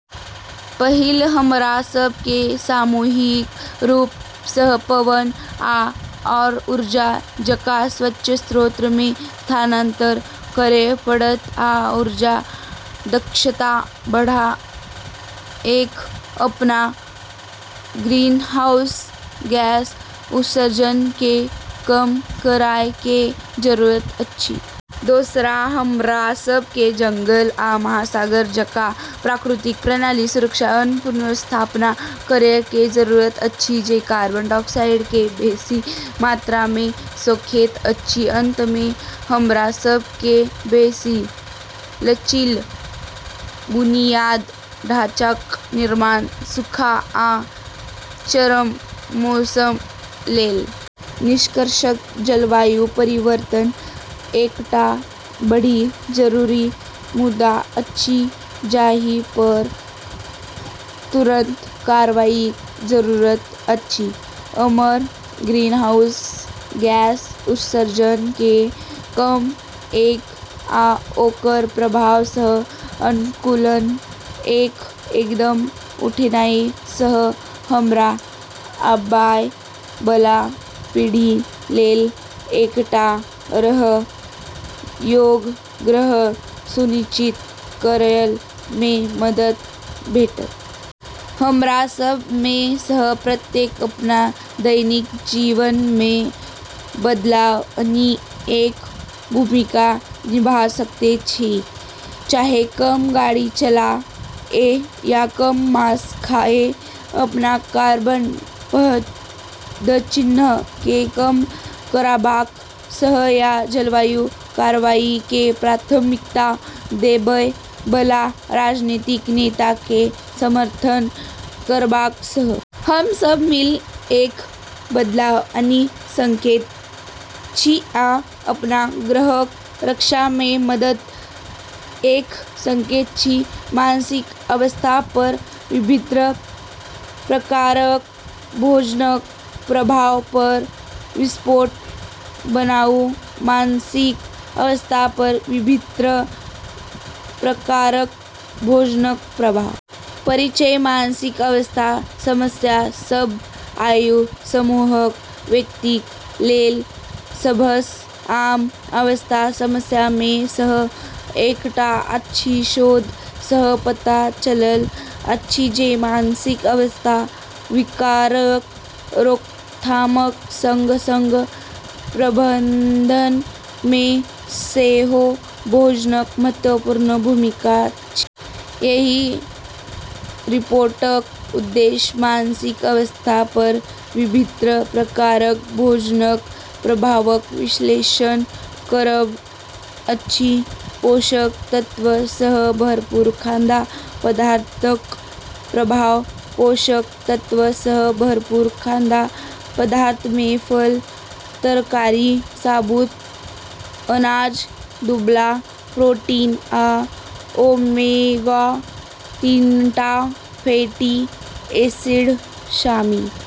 पहिल, हमरा सभ के सामूहिक रूप सँ पवन आ सौर ऊर्जा जकाँ स्वच्छ स्रोत मे स्थानांतरण करय पड़त, आ ऊर्जा दक्षता बढ़ा कए अपना ग्रीनहाउस गैस उत्सर्जन के कम करय के जरूरत अछि। दोसर, हमरा सभ के जंगल आ महासागर जकाँ प्राकृतिक प्रणालीक सुरक्षा आ पुनर्स्थापना करय के जरूरत अछि, जे कार्बन डाइऑक्साइड के बेसी मात्रा मे सोखैत अछि। अंत मे, हमरा सभ के बेसी लचील बुनियादी ढांचाक निर्माण, सूखा आ चरम मौसम लेल तैयारी करी कए, आ जलवायु परिवर्तनक सबसँ बेसी प्रभाव झेलय बला समुदायक सहायता करी कए पहिने सँ भ रहल बदलाव सँ अनुकूलन करय पड़त। निष्कर्षतः जलवायु परिवर्तन एकटा बड्ड जरूरी मुद्दा अछि जाहि पर तुरंत कार्रवाईक जरूरत अछि। हमर ग्रीनहाउस गैस उत्सर्जन के कम कए आ ओकर प्रभाव सँ अनुकूलन कए कदम उठेनाइ सँ हमरा आबय बला पीढ़ी लेल एकटा रहय योग्य ग्रह सुनिश्चित करय मे मदद भेटत। हमरा सभ मे सँ प्रत्येक अपना दैनिक जीवन मे बदलाव आनि कए भूमिका निभा सकैत छी, चाहे कम गाड़ी चला कए या कम मांस खा कए अपना कार्बन पदचिह्न के कम करबाक सँ, या जलवायु कार्रवाई के प्राथमिकता देबय बला राजनीतिक नेता के समर्थन करबाक सँ। हम सभ मिल कए बदलाव आनि सकैत छी आ अपना ग्रहक रक्षा मे मदद कए सकैत छी। मानसिक स्वास्थ्य पर विभिन्न प्रकारक भोजनक प्रभाव पर रिपोर्ट बनाउ। मानसिक स्वास्थ्य पर विभिन्न प्रकारक भोजनक प्रभाव। परिचय: मानसिक स्वास्थ्य समस्या सभ आयु समूहक व्यक्तिक लेल सबसँ आम स्वास्थ्य समस्या मे सँ एकटा अछि। शोध सँ पता चलल अछि जे मानसिक स्वास्थ्य विकारक रोकथामक संग-संग प्रबंधन मे सेहो भोजनक महत्वपूर्ण भूमिका अछि। एहि रिपोर्टक उद्देश्य मानसिक स्वास्थ्य पर विभिन्न प्रकारक भोजनक प्रभावक विश्लेषण करब अछि। पोषक तत्व सँ भरपूर खाद्य पदार्थक प्रभाव: पोषक तत्व सँ भरपूर खाद्य पदार्थ मे फल, तरकारी, साबुत अनाज, दुबला प्रोटीन, आ ओमेगा-तिनटा फैटी एसिड शामिल अछि।